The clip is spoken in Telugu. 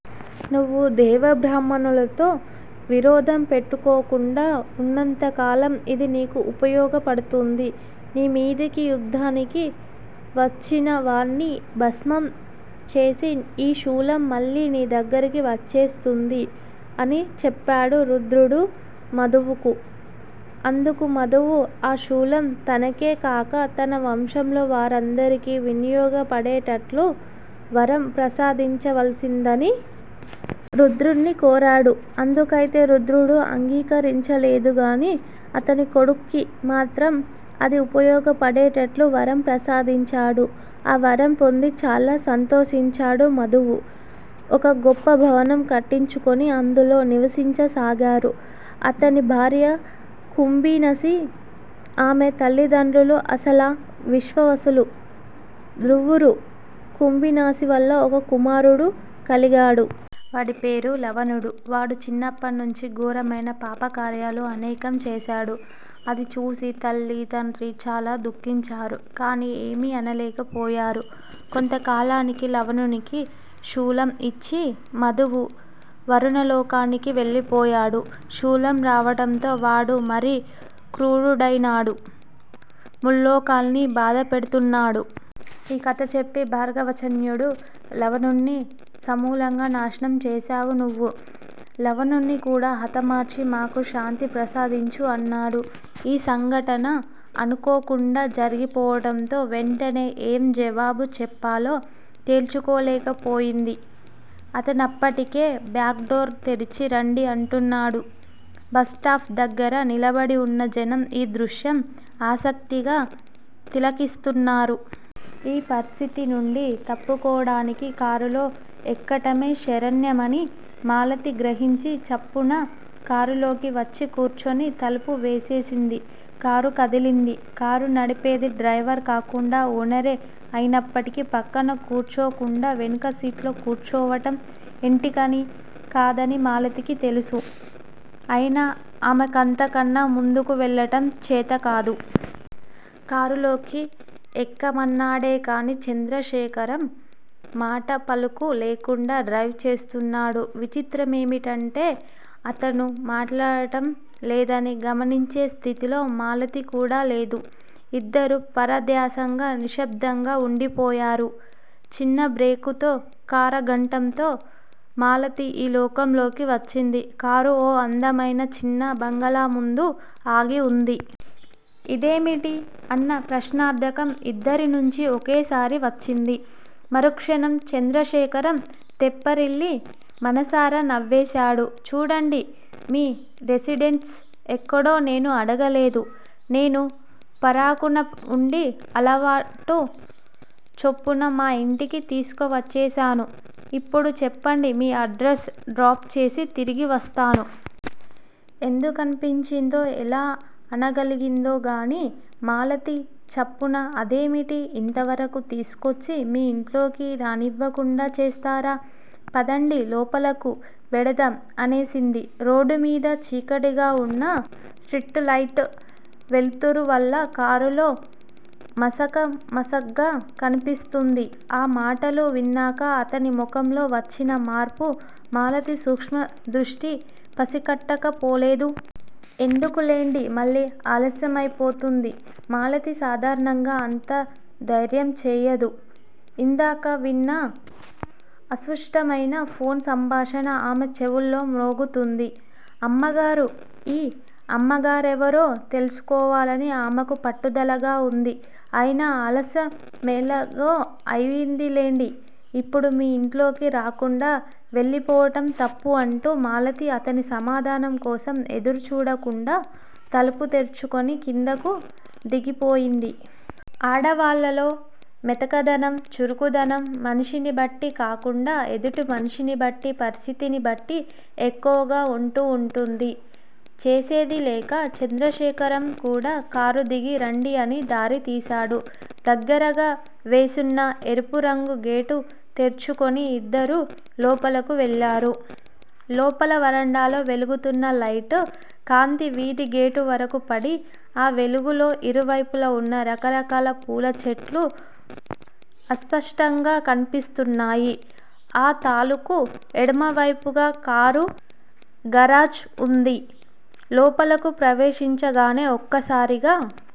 నువ్వు దేవబ్రాహ్మణులతో విరోధం పెట్టుకోకుండా వున్నంత కాలం ఇది నీకు ఉపయోగపడుతుంది. నీమీదికి యుద్దానికి వచ్చినవాణ్ని భస్మం చేసి ఈ శూలం మళ్ళీ నీదగ్గరికి వచ్చేస్తుంది. అని చెప్పాడు రుద్రుడు మధువుకు. అందుకు మధువు ఆ శూలం తనకేకాక తన వంశంలో వారందరికీ వినియోగపడేటట్లు వరం ప్రసాధించవలసిందని. రుద్రుణ్ని కోరాడు. అందుకైతే రుద్రుడు అంగీకరించలేదుగాని అతని కొడుక్కి మాత్రం అది ఉపయోగపడేటట్లు వరం ప్రసాదించాడు. ఆ వరం పొంది చాలా సంతోషించాడు మధువు. ఒక గొప్ప భవనం కట్టించుకొని అందులో నివసించసాగారు. అతని భార్య కుంభీనసి. ఆమె తల్లిదండ్రులు అసలా, విశ్వవసులు. ద్రువురు కుంభీనాసివల్ల ఒక కుమారుడు కలిగాడు. వాడి పేరు లవణుడు. వాడు చిన్నప్పణ్ణుంచీ ఘోరమైన పాపకార్యాలు అనేకం చేశాడు. అది చూసి తల్లీ, తండ్రీ చాల దుఃఖించారు. కాని ఏమీ అనలేక పోయారు. కొంతకాలానికి లవణునికి శూలం ఇచ్చి మధువు వరుణలోకానికి వెళ్ళిపోయాడు. శూలం రావడంతో వాడు మరీ కృరుడైనాడు. ముల్లోకాల్నీ బాధ పెడుతున్నాడు. ఈ కథ చెప్పి భార్గవచన్యుడు రావణుడ్ని సమూలంగా నాశనం చేశావు నువ్వు. లవణుణ్ని కూడా హతమార్చి మాకు శాంతి ప్రసాదించు అన్నాడు. ఈ సంఘటన అనుకోకుండా జరిగిపోవడంతో వెంటనే ఏం జవాబు చెప్పాలో తేల్చుకోలేకపోయింది. అతనప్పటికే బ్యాక్ డోర్ తెరిచి రండి అంటున్నాడు. బస్ స్టాప్ దగ్గర నిలబడివున్న జనం ఈ దృశ్యం ఆసక్తిగా తిలకిస్తున్నారు. ఈ పరిస్థితినుండి తప్పుకోవడానికి కారులో ఎక్కటమే శరణ్యమని మాలతి గ్రహించి చప్పున కారులోకి వచ్చి కూర్చుని తలుపు వేసేసింది. కారు కదిలింది. కారు నడిపేది డ్రైవర్ కాకుండా ఓనరే అయినప్పటికీ ప్రక్కన కూర్చోకుండా వెనక సీట్లో కూర్చోవటం ఎంటికనీ కాదని మాలతికి తెలుసు. అయినా ఆమెకంత కన్నా ముందుకు వెళ్ళటం చేతకాదు. కారులోకి ఎక్కమన్నాడే గానీ చంద్రశేఖరం మాటపలుకు లేకుండా డ్రైవ్ చేస్తున్నాడు. విచిత్రమేమిటంటే అతను మాట్లాడటం లేదని గమనించే స్థితిలో మాలతికూడా లేదు. ఇద్దరూ పరధ్యాసంగా నిశ్శబ్దంగా వుండిపోయారు. చిన్న బ్రేకుతో కారగంటంతో మాలతి ఈ లోకంలోకి వచ్చింది. కారు ఓ అందమైన చిన్న బంగళాముందు ఆగి వుంది. ఇదేమిటి? అన్న ప్రశ్నార్ధకం ఇద్దరినుంచి ఒకేసారి వచ్చింది. మరుక్షణం చంద్రశేఖరం తెప్పరిల్లి మనసారా నవ్వేశాడు. చూడండి, మీ రెసిడెన్స్ ఎక్కడో నేను అడగలేదు. నేను పరాకున వుండి అలవాటు చొప్పున మా ఇంటికి తీసుకువచ్చేశాను. ఇప్పుడు చెప్పండి మీ అడ్రస్, డ్రాప్ చేసి తిరిగి వస్తాను. ఎందుకన్పించిందో, ఎలా అనగల్గిందోగానీ మాలతి చప్పున అదేమిటి? ఇంతవరకూ తీసుకొచ్చి మీ ఇంట్లోకి రానివ్వకుండా చేస్తారా? పదండి లోపలకు వెడదాం అనేసింది. రోడ్డుమీద చీకటిగావున్నా స్ట్రిట్ లైట్ వెలుతురువల్ల కారులో మసకమసగ్గా కనిపిస్తుంది. ఆ మాటలు విన్నాక అతని ముఖంలో వచ్చిన మార్పు మాలతి సూక్ష్మదృష్టి పసికట్టకపోలేదు. ఎందుకులెండి మళ్ళీ ఆలస్యమైపోతుంది మాలతి సాధారణంగా అంత ధైర్యంచేయదు. ఇందాక విన్న అస్పష్టమైన ఫోన్ సంభాషణ ఆమె చెవుల్లో మ్రోగుతుంది. అమ్మగారు! ఈ అమ్మగారెవరో తెలుసుకోవాలని ఆమకు పట్టుదలగా వుంది. అయిన ఆలస్యమెలాగో అయిందిలెండి, ఇప్పుడు మీ ఇంట్లోకి రాకుండా వెళ్ళిపోవటం తప్పు అంటూ మాలతి అతని సమాధానంకోసం ఎదురు చూడకుండా తలుపు తెరుచుకుని కిందకు దిగిపోయింది. ఆడవాళ్ళలో మెతకదనం, చురుకుదనం మనిషినిబట్టి కాకుండా ఎదుటి మనిషినిబట్టి, పరిస్థితిని బట్టి ఎక్కువగా వుంటూ వుంటుంది. చేసేదిలేక చంద్రశేఖరం కూడా కారుదిగి రండి అని దారి తీశాడు. దగ్గరగా వేసున్న ఎరుపురంగు గేటు తెరుచుకొని ఇద్దరూ లోపలకు వెళ్ళారు. లోపల వరండాలో వెలుగుతున్న లైటు కాంతి వీధిగేటువరకూ పడి, ఆ వెలుగులో ఇరువైపులా వున్న రకరకాల పూలచెట్లు అస్పష్టంగా కన్పిస్తున్నాయి. ఆ తాలుకు ఎడమవైపుగా కారు గరాజ్ వుంది. లోపలకు ప్రవేశించగానే ఒక్కసారిగా